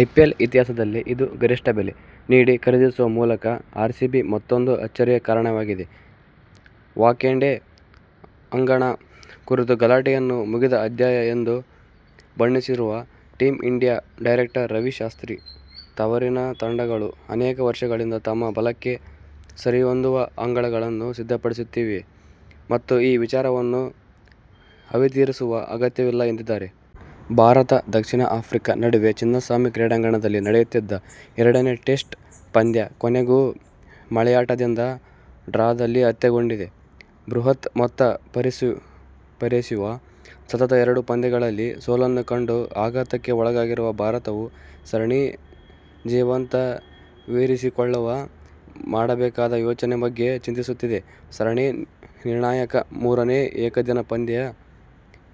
IPL ಇತಿಹಾಸದಲ್ಲೇ ಇದು ಗರಿಷ್ಠ ಬೆಲೆ. ನೀಡಿ ಖರೀದಿಸುವ ಮೂಲಕ ಆರ್ಸಿಬಿ ಮತ್ತೂಂದು ಅಚ್ಚರಿಗೆ ಕಾರಣವಾಗಿದೆ. ವಾಂಖೇಡೆ ಅಂಗಣ ಕುರಿತ ಗಲಾಟೆಯನ್ನು "ಮುಗಿದ ಅಧ್ಯಾಯ' ಎಂದು ಬಣ್ಣಿಸಿರುವ team India director Ravi Shastri, ತವರಿನ ತಂಡಗಳು ಅನೇಕ ವರ್ಷಗಳಿಂದ ತಮ್ಮ ಬಲಕ್ಕೆ ಸರಿಹೊಂದುವ ಅಂಗಣಗಳನ್ನು ಸಿದ್ಧಪಡಿಸುತ್ತಿವೆ ಮತ್ತು ಈ ವಿಚಾರವನ್ನು ಅವಿತಿರಿಸುವ ಅಗತ್ಯವಿಲ್ಲ ಎಂದಿದ್ದಾರೆ. ಭಾರತ-ದಕ್ಷಿಣ ಆಫ್ರಿಕಾ ನಡುವೆ ಚಿನ್ನಸ್ವಾಮಿ ಕ್ರೀಡಾಂಗಣದಲ್ಲಿ ನಡೆಯುತ್ತಿದ್ದ ಎರಡನೇ ಟೆಸ್ಟ್ ಪಂದ್ಯ ಕೊನೆಗೂ ಮಳೆಯಾಟದಿಂದ ಡ್ರಾದಲ್ಲಿ ಅಂತ್ಯಗೊಂಡಿದೆ. ಬೃಹತ್ ಮೊತ್ತ ಪೇರಿಸಿಯೂ ಸತತ ಎರಡು ಪಂದ್ಯಗಳಲ್ಲಿ ಸೋಲನ್ನು ಕಂಡು ಆಘಾತಕ್ಕೆ ಒಳಗಾಗಿರುವ ಭಾರತವು ಸರಣಿ ಜೀವಂತವಿರಿಸಿಕೊಳ್ಳಲು ಮಾಡಬೇಕಾದ ಯೋಜನೆ ಬಗ್ಗೆ ಚಿಂತಿಸುತ್ತಿದೆ. ಸರಣಿ ನಿರ್ಣಾಯಕ ಮೂರನೇ ಏಕದಿನ ಪಂದ್ಯ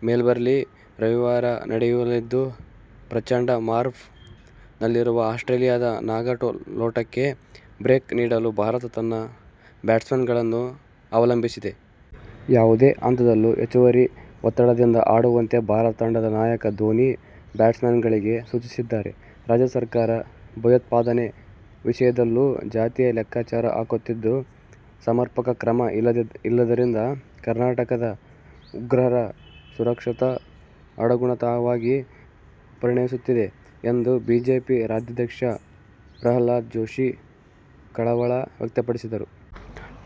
ಮೆಲ್ಬರ್ನ್ನಲ್ಲಿ ರವಿವಾರ ನಡೆಯಲಿದ್ದು ಪ್ರಚಂಡ ಫಾರ್ಮ್ ನಲ್ಲಿರುವ ಆಸ್ಟ್ರೇಲಿಯದ ನಾಗಾಲೋಟಕ್ಕೆ ಬ್ರೇಕ್ ನೀಡಲು ಭಾರತ ತನ್ನ ಬ್ಯಾಟ್ಸ್ಮನ್ಗಳನ್ನು ಅವಲಂಬಿಸಿದೆ. ಯಾವುದೇ ಹಂತದಲ್ಲೂ ಹೆಚ್ಚುವರಿ ಒತ್ತಡದಿಂದ ಆಡುವಂತೆ ಭಾರತ ತಂಡದ ನಾಯಕ ಧೋನಿ ಬ್ಯಾಟ್ಸ್ಮನ್ಗಳಿಗೆ ಸೂಚಿಸಿದ್ದಾರೆ. ರಾಜ್ಯ ಸರ್ಕಾರ ಭಯೋತ್ಪಾದನೆ ವಿಷಯದಲ್ಲೂ ಜಾತಿಯ ಲೆಕ್ಕಾಚಾರ ಹಾಕುತ್ತಿದ್ದು, ಸಮರ್ಪಕ ಕ್ರಮ ಇಲ್ಲದ್ದರಿಂದ ಕರ್ನಾಟಕ ಉಗ್ರರ ಸುರಕ್ಷಿತ ಅಡಗುತಾಣವಾಗಿ ಪರಿಣಮಿಸುತ್ತಿದೆ ಎಂದು ಬಿಜೆಪಿ ರಾಜ್ಯಾಧ್ಯಕ್ಷ ಪ್ರಹ್ಲಾದ ಜೋಶಿ ಕಳವಳ ವ್ಯಕ್ತಪಡಿಸಿದರು.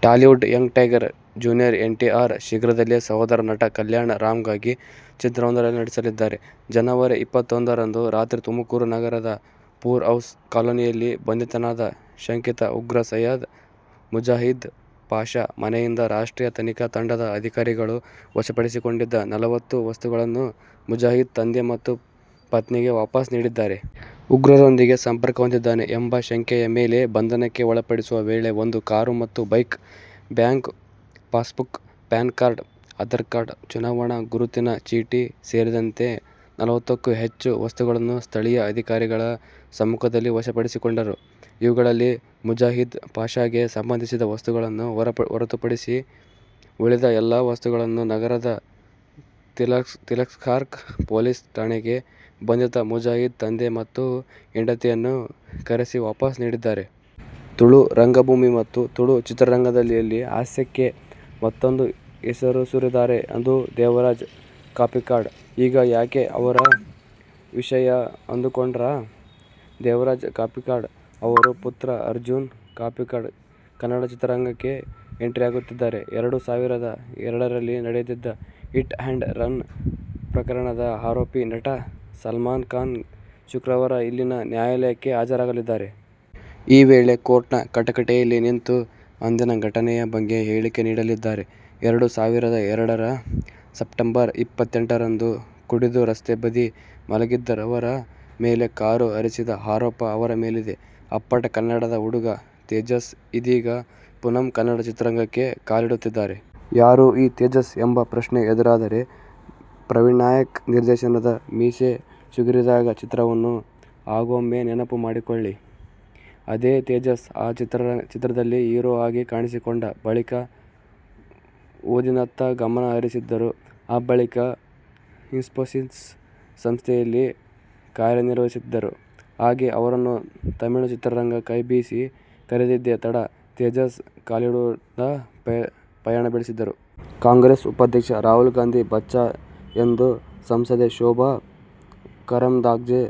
ಟಾಲಿವುಡ್ ಯಂಗ್ ಟೈಗರ್ ಜೂ. ಎನ್. ಟಿ. ಆರ್ ಶೀಘ್ರದಲ್ಲೇ ಸಹೋದರ ನಟ ಕಲ್ಯಾಣ್ ರಾಮ್'ಗಾಗಿ ಚಿತ್ರವೊಂದರಲ್ಲಿ ನಟಿಸಲಿದ್ದಾರೆ. ಜನವರಿ ಇಪ್ಪತ್ತೊಂದ ರಂದು ರಾತ್ರಿ ತುಮಕೂರು ನಗರದ ಪೂರ್ ಹೌಸ್ ಕಾಲೊನಿಯಲ್ಲಿ ಬಂಧಿತನಾದ ಶಂಕಿತ ಉಗ್ರ ಸೈಯದ್ ಮುಜಾಹಿದ್ ಪಾಷ ಮನೆಯಿಂದ ರಾಷ್ಟ್ರೀಯ ತನಿಖಾ ತಂಡದ ಅಧಿಕಾರಿಗಳು ವಶಪಡಿಸಿಕೊಂಡಿದ್ದ ನಲವತ್ತು ವಸ್ತುಗಳನ್ನು ಮುಜಾಹಿದ್ ತಂದೆ ಮತ್ತು ಪತ್ನಿಗೆ ವಾಪಸ್ ನೀಡಿದ್ದಾರೆ. ಉಗ್ರರೊಂದಿಗೆ ಸಂಪರ್ಕಹೊಂದಿದ್ದಾನೆ ಎಂಬ ಶಂಕೆಯ ಮೇಲೆ ಬಂಧನಕ್ಕೆ ಒಳಪಡಿಸುವ ವೇಳೆ ಒಂದು ಕಾರು ಮತ್ತು bike, bank passbook, PAN card, Aadhaar card, ಚುನಾವಣಾ ಗುರುತಿನ ಚೀಟಿ ಸೇರಿದಂತೆ ನಲವತ್ತುಕ್ಕೂ ಹೆಚ್ಚು ವಸ್ತುಗಳನ್ನು ಸ್ಥಳೀಯ ಅಧಿಕಾರಿಗಳ ಸಮ್ಮುಖದಲ್ಲಿ ವಶಪಡಿಸಿಕೊಂಡಿದ್ದರು. ಇವುಗಳಲ್ಲಿ ಮುಜಾಹಿದ್ ಪಾಷಗೆ ಸಂಬಂಧಿಸಿದ ವಸ್ತುಗಳನ್ನು ಹೊರತುಪಡಿಸಿ ಉಳಿದ ಎಲ್ಲಾ ವಸ್ತುಗಳನ್ನು ನಗರದ ತಿಲಕ್ಪಾರ್ಕ್ ಪೊಲೀಸ್ ಠಾಣೆಗೆ ಬಂಧಿತ ಮುಜಾಹಿದ್ ತಂದೆ ಮತ್ತು ಹೆಂಡತಿಯನ್ನು ಕರೆಸಿ ವಾಪಸ್ ನೀಡಿದ್ದಾರೆ. ತುಳು ರಂಗಭೂಮಿ ಮತ್ತು ತುಳು ಚಿತ್ರರಂಗದಲ್ಲಿಯಲ್ಲಿ ಹಾಸ್ಯಕ್ಕೆ ಮತ್ತೂಂದು ಹೆಸರಿಸುವುದಾದರೆ ಅದು ದೇವರಾಜ್ ಕಾಪಿಕಾಡ್. ಈಗ ಯಾಕೆ ಇವರ ವಿಷಯ ಅಂದುಕೊಂಡ್ರಾ ದೇವರಾಜ್ ಕಾಪಿಕಾಡ್ ಅವರ ಪುತ್ರ ಅರ್ಜುನ್ ಕಾಪಿಕಾಡ್ ಕನ್ನಡ ಚಿತ್ರರಂಗಕ್ಕೆ ಎಂಟ್ರಿಯಾಗುತ್ತಿದ್ದಾರೆ. ಎರಡು ಸಾವಿರದ ಎರಡರಲ್ಲಿ ನಡೆದಿದ್ದ ಹಿಟ್ ಅಂಡ್ ರನ್ ಪ್ರಕರಣದ ಆರೋಪಿ, ನಟ ಸಲ್ಮಾನ್ಖಾನ್ ಶುಕ್ರವಾರ ಇಲ್ಲಿನ ನ್ಯಾಯಾಲಯಕ್ಕೆ ಹಾಜರಾಗಲಿದ್ದಾರೆ. ಈ ವೇಳೆ ಕೋರ್ಟ್ನ ಕಟಕಟೆಯಲ್ಲಿ ನಿಂತು ಅಂದಿನ ಘಟನೆಯ ಬಗ್ಗೆ ಹೇಳಿಕೆ ನೀಡಲಿದ್ದಾರೆ. ಎರಡು ಸಾವಿರದ ಎರಡರ ಸೆಪ್ಟಂಬರ್ ಇಪ್ಪತ್ತೆಂಟರಂದು ಕುಡಿದು ರಸ್ತೆ ಬದಿ ಮಲಗಿದ್ದವರ ಮೇಲೆ ಕಾರು ಹರಿಸಿದ ಆರೋಪ ಅವರ ಮೇಲಿದೆ. ಅಪ್ಪಟ ಕನ್ನಡದ ಹುಡುಗ ತೇಜಸ್ ಇದೀಗ ಪುನಃ ಕನ್ನಡ ಚಿತ್ರರಂಗಕ್ಕೆ ಕಾಲಿಡುತ್ತಿದ್ದಾನೆ. ಯಾರು ಈ ತೇಜಸ್ ಎಂಬ ಪ್ರಶ್ನೆ ಎದುರಾದರೆ, ಪ್ರವೀಣ್ನಾಯಕ್ ನಿರ್ದೇಶನದ "ಮೀಸೆ ಚಿಗುರಿದಾಗ' ಚಿತ್ರವನ್ನು ಹಾಗೊಮ್ಮೆ ನೆನಪು ಮಾಡಿಕೊಳ್ಳಿ. ಅದೇ ತೇಜಸ್, ಆ ಚಿತ್ರದಲ್ಲಿ ಹೀರೋ ಆಗಿ ಕಾಣಿಸಿಕೊಂಡ ಬಳಿಕ ಓದಿನತ್ತ ಗಮನ ಹರಿಸಿದ್ದರು. ಆ ಬಳಿಕ ಇನ್ಫೋಸಿಸ್ ಸಂಸ್ಥೆಯಲ್ಲಿ ಕಾರ್ಯನಿರ್ವಹಿಸಿದ್ದರು. ಹಾಗೇ ಅವರನ್ನು ತಮಿಳು ಚಿತ್ರರಂಗ ಕೈ ಬೀಸಿ ಕರೆದಿದ್ದೇ ತಡ, ತೇಜಸ್ ಕಾಲಿವುಡ್ನತ್ತ ಪಯಣ ಬೆಳೆಸಿದ್ದರು. ಕಾಂಗ್ರೆಸ್ ಉಪಾಧ್ಯಕ್ಷ ರಾಹುಲ್ ಗಾಂಧಿ ಬಚ್ಚಾ ಎಂದು ಸಂಸದೆ ಶೋಭಾ ಕರಂದ್ಲಾಜೆ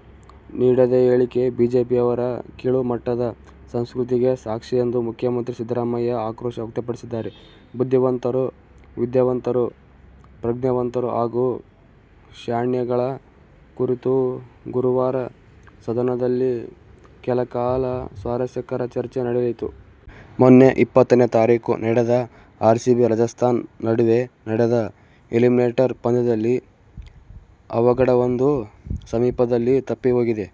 ನೀಡಿದ ಹೇಳಿಕೆ ಬಿಜೆಪಿಯವರ ಕೀಳು ಮಟ್ಟದ ಸಂಸ್ಕೃತಿಗೆ ಸಾಕ್ಷಿ ಎಂದು ಮುಖ್ಯಮಂತ್ರಿ ಸಿದ್ದರಾಮಯ್ಯ ಆಕ್ರೋಶ ವ್ಯಕ್ತಪಡಿಸಿದ್ದಾರೆ. "ಬುದ್ಧಿವಂತರು, ವಿದ್ಯಾವಂತರು, ಪ್ರಜ್ಞಾವಂತರು ಹಾಗೂ ಶಾಣ್ಯಾಗಳ ಕುರಿತು ಗುರುವಾರ ಸದನದಲ್ಲಿ ಕೆಲಕಾಲ ಸ್ವಾರಸ್ಯಕರ ಚರ್ಚೆ ನಡೆಯಿತು. ಮೊನ್ನೆ ಇಪ್ಪತ್ತನೇ ತಾರೀಖು ನಡೆದ ಆರ್ಸಿಬಿ-ರಾಜಸ್ಥಾನ್ ನಡುವೆ ನಡೆದ ಎಲಿಮಿನೇಟರ್ ಪಂದ್ಯದಲ್ಲಿ ಅವಘಡವೊಂದು ಸಮೀಪದಲ್ಲಿ ತಪ್ಪಿಹೋಗಿದೆ.